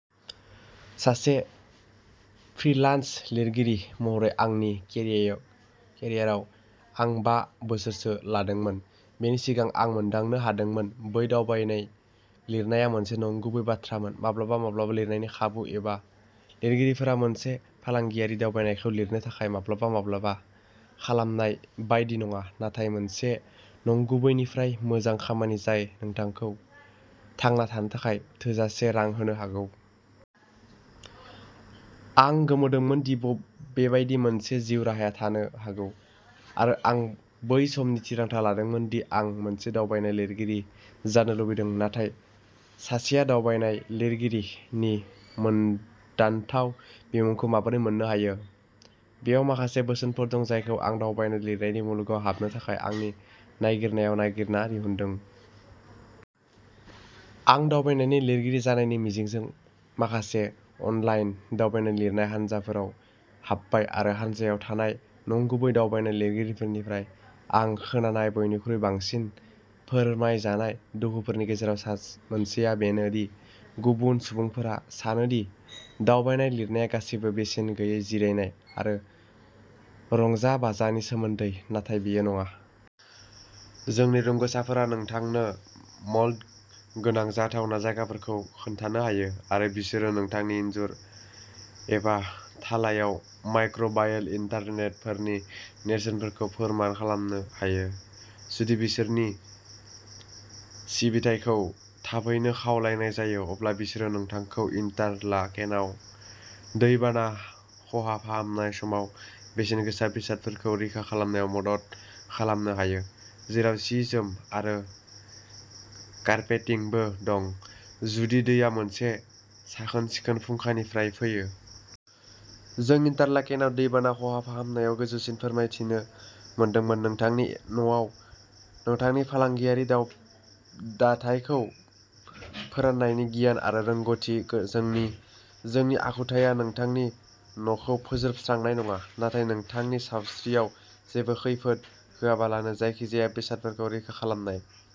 सासे फ्रिलान्स लिरगिरि महरै आंनि केरियाराव आं बा बोसोरसो लादोंमोन, बेनि सिगां आं मोनदांनो हादोंमोन। बै दावबायनाय लिरनाया मोनसे नंगुबै बाथ्रामोन। माब्लाबा-माब्लाबा लिरनायनि खाबु एबा लिरगिरिफोरा मोनसे फालांगियारि दावबायनायखौ लिरनो थाखाय माब्लाबा-माब्लाबा खालामनाय बायदि नङा, नाथाय मोनसे नंगुबै-निफ्राय-मोजां खामानि जाय नोंथांखौ थांना थानो थाखाय थोजासे रां होनो हागौ। आं गोमोदोंमोन दि बेबादि मोनसे जिउ राहाया थानो हागौ आरो आं बै समावनो थिरांथा लादोंमोन दि आं सासे दावबायनाय लिरगिरि जानो लुबैदों। नाथाय सासेया "दावबायनाय लिरगिरि" नि मोदानथाव बिमुंखौ माबोरै मोन्नो हायो? बेयाव माखासे बोसोनफोर दं जायखौ आं दावबायनाय लिरनायनि मुलुगाव हाबनो थाखाय आंनि नागिरनायाव नागिरना दिहुनदों। आं दावबायनायनि लिरगिरि जानायनि मिजिंजों माखासे अनलाइन दावबायनाय लिरनाय हानजाफोराव हाबबाय आरो हानजायाव थानाय "नंगुबै" दावबायनाय लिरगिरिफोरनिफ्राय आं खोनानाय बयनिख्रुइ बांसिन फोरमायजानाय दुखुफोरनि गेजेराव मोनसेआ बेनो दि गुबुन सुबुंफोरा सानो दि दावबायनाय लिरनाया गासैबो बेसेन गैयै जिरायनाय आरो रंजाबाजानि सोमोन्दै; नाथाय बेयो नङा। जोंनि रोंग'साफोरा नोंथांनो मोल्ड गोनां जाथावना जायगाफोरखौ खोन्थानो हायो, आरो बिसोरो नोंथांनि इनजुर एबा थालायाव माइक्र'बायेल एजेन्टफोरनि नेरसोनफोरखौ फोरमान खालामनो हायो। जुदि बिसोरनि सिबिथायखौ थाबैनो खावलायनाय जायो, अब्ला बिसोरो नोंथांखौ इन्टारलाकेनआव दै बाना खहा फाहामनाय समाव बेसेनगोसा बेसादफोरखौ रैखा खालामनायाव मदद खालामनो हायो, जेराव जि-जोम आरो कारपेटिंबो दं, जुदि दैया मोनसे साखोन-सिखोन फुंखानिफ्राय फैयो। जों इन्टारलाकेनआव दै बाना खहा फाहामनायाव गोजौसिन फोरमानथि मोनदों। नोंथांनि न'एबा नोंथांनि फालांगियारि दाथायखौ फोराननायनि गियान आरो रोंग'थि जोंनि। जोंनि आखुथाया नोंथांनि न'खौ फोजोबस्रांनाय नङा, नाथाय नोंथांनि सावस्रियाव जेबो खैफोद होआलाबानो जायखिजाया बेसादफोरखौ रैखा खालामनाय।